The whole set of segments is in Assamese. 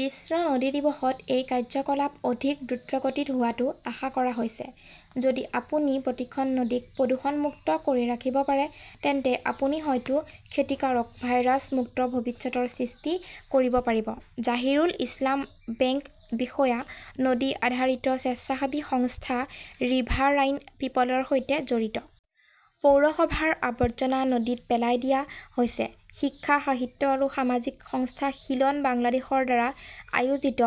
বিশ্ব নদী দিৱসত এই কাৰ্যকলাপ অধিক দ্ৰুতগতিত হোৱাটো আশা কৰা হৈছে। যদি আপুনি প্ৰতিখন নদীক প্ৰদূষণমুক্ত কৰি ৰাখিব পাৰে তেন্তে আপুনি হয়তো ক্ষতিকাৰক ভাইৰাছ মুক্ত ভৱিষ্যতৰ সৃষ্টি কৰিব পাৰিব। জাহিৰুল ইছলাম বেংক বিষয়া, নদী-আধাৰিত স্বেচ্ছাসেৱী সংস্থা ৰিভাৰাইন পিপলৰ সৈতে জড়িত। পৌৰসভাৰ আৱৰ্জনা নদীত পেলাই দিয়া হৈছে । শিক্ষা, সাহিত্য আৰু সামাজিক সংস্থা শীলন বাংলাদেশৰ দ্বাৰা আয়োজিত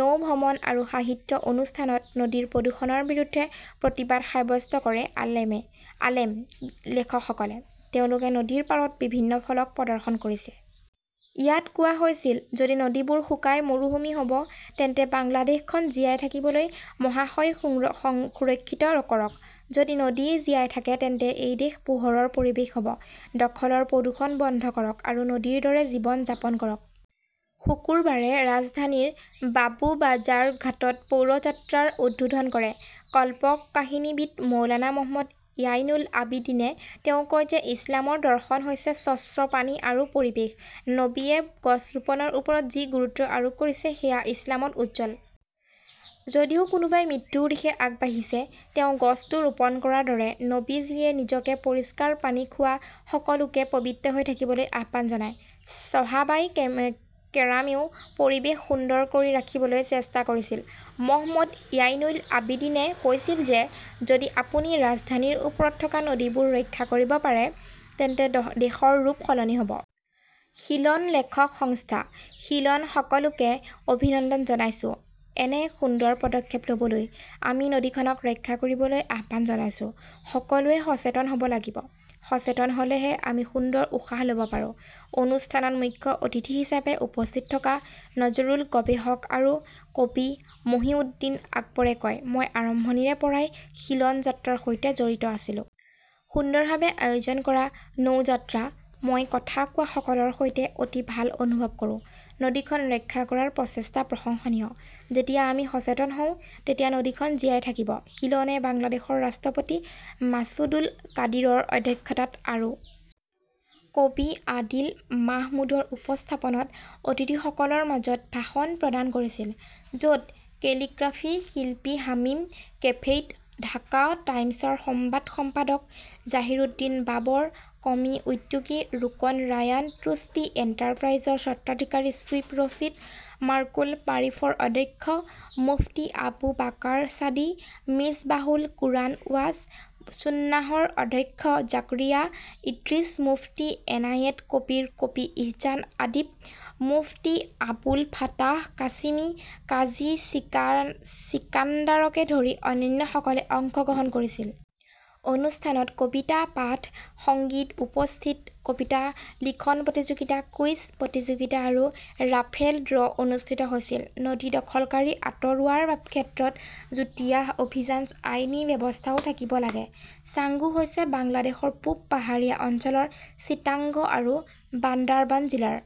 নৌ ভ্ৰমণ আৰু সাহিত্য অনুষ্ঠানত নদীৰ প্ৰদূষণৰ বিৰুদ্ধে প্ৰতিবাদ সাব্যস্ত কৰে আলেম লেখকসকলে। তেওঁলোকে নদীৰ পাৰত বিভিন্ন ফলক প্ৰদৰ্শন কৰিছে। ইয়াত কোৱা হৈছিল, যদি নদীবোৰ শুকাই মৰুভূমি হ'ব তেন্তে বাংলাদেশ খন জীয়াই থাকিবলৈ, মহাশয় সুৰক্ষিত কৰক। যদি নদী জীয়াই থাকে তেন্তে এই দেশ পোহৰৰ পৰিৱেশ হ 'ব। দখলৰ প্ৰদূষণ বন্ধ কৰক আৰু নদীৰ দৰে জীৱন যাপন কৰক । শুকুৰবাৰে ৰাজধানীৰ বাবুবাজাৰ ঘাটত পৌৰ যাত্ৰাৰ উদ্বোধন কৰে কল্পকাহিনীবিদ মৌলানা মহম্মদ য়াইনুল আবিদিনে। তেওঁ কয় যে ইছলামৰ দৰ্শন হৈছে স্বচ্ছ পানী আৰু পৰিৱেশ। নবীয়ে গছ ৰোপণৰ ওপৰত যি গুৰুত্ব আৰোপ কৰিছে সেয়া ইছলামত উজ্জ্বল। যদিও কোনোবাই মৃত্যুৰ দিশে আগবাঢ়িছে, তেওঁ গছটো ৰোপণ কৰাৰ দৰে। নবীজীয়ে নিজকে পৰিষ্কাৰ পানী খোৱা সকলোকে পবিত্ৰ হৈ থাকিবলৈ আহ্বান জনায়। চহাবাই কেৰামেও পৰিৱেশ সুন্দৰ কৰি ৰাখিবলৈ চেষ্টা কৰিছিল। মহম্মদ য়াইনুল আবিদীনে কৈছিল যে যদি আপুনি ৰাজধানীৰ ওপৰত থকা নদীবোৰ ৰক্ষা কৰিব পাৰে তেন্তে দেশৰ ৰূপ সলনি হ 'ব। শীলন লেখক সংস্থা । শীলন সকলোকে অভিনন্দন জনাইছো। এনে এক সুন্দৰ পদক্ষেপ ল'বলৈ। আমি নদীখনক ৰক্ষা কৰিবলৈ আহ্বান জনাইছো। সকলোৱে সচেতন হ'ব লাগিব। সচেতন হ'লেহে আমি সুন্দৰ উশাহ ল'ব পাৰোঁ। অনুষ্ঠানত মুখ্য অতিথি হিচাপে উপস্থিত থকা নজৰুল গৱেষক আৰু কবি মহিউদ্দিন আকবৰে কয়, "মই আৰম্ভণিৰে পৰাই শীলন যাত্ৰাৰ সৈতে জড়িত আছিলো। সুন্দৰভাৱে আয়োজন কৰা নৌ যাত্ৰা। মই কথা কোৱাসকলৰ সৈতে অতি ভাল অনুভৱ কৰোঁ। নদীখন ৰক্ষা কৰাৰ প্ৰচেষ্টা প্ৰশংসনীয়। যেতিয়া আমি সচেতন হওঁ তেতিয়া নদীখন জীয়াই থাকিব। শীলনে বাংলাদেশৰ ৰাষ্ট্ৰপতি মাছুদুল কাদিৰৰ অধ্যক্ষতাত আৰু কবি আদিল মাহমুদৰ উপস্থাপনত অতিথিসকলৰ মাজত ভাষণ প্ৰদান কৰিছিল, য'ত কেলিগ্ৰাফী শিল্পী হামিম কেফেইট, ঢাকা টাইমছৰ সংবাদ সম্পাদক জাহিৰউদ্দিন বাবৰ, ক'মি উদ্যোগী ৰোকন ৰায়ান, তুষ্টি এণ্টাৰপ্ৰাইজৰ স্বত্বাধিকাৰী শ্বুইব ৰছিদ, মাৰ্কুল মাৰিফৰ অধ্যক্ষ মুফতি আবু বাকাৰ ছাদি, মিছবাহুল কুৰাণ ৱাছ সুন্নাহৰ অধ্যক্ষ জাকৰিয়া ইদ্ৰিছ, মুফতি এনায়েট কবীৰ, কবি ইহছান আদিব, মুফতি আবুল ফাতাহ কাছিমি, কাজী চিকাণ্ডাৰকে ধৰি অন্যান্যসকলে অংশগ্ৰহণ কৰিছিল। অনুষ্ঠানত কবিতা পাঠ, সংগীত, উপস্থিত কবিতা লিখন প্ৰতিযোগিতা, কুইজ প্ৰতিযোগিতা আৰু ৰাফেল ড্ৰ' অনুষ্ঠিত হৈছিল। নদী দখলকাৰী আঁতৰোৱাৰ ক্ষেত্ৰত যুটীয়া অভিযান, আইনী ব্যৱস্থাও থাকিব লাগে । চাঙ্গু হৈছে বাংলাদেশৰ পূব পাহাৰীয়া অঞ্চলৰ চিটাঙগ আৰু বান্দাৰবান জিলাৰ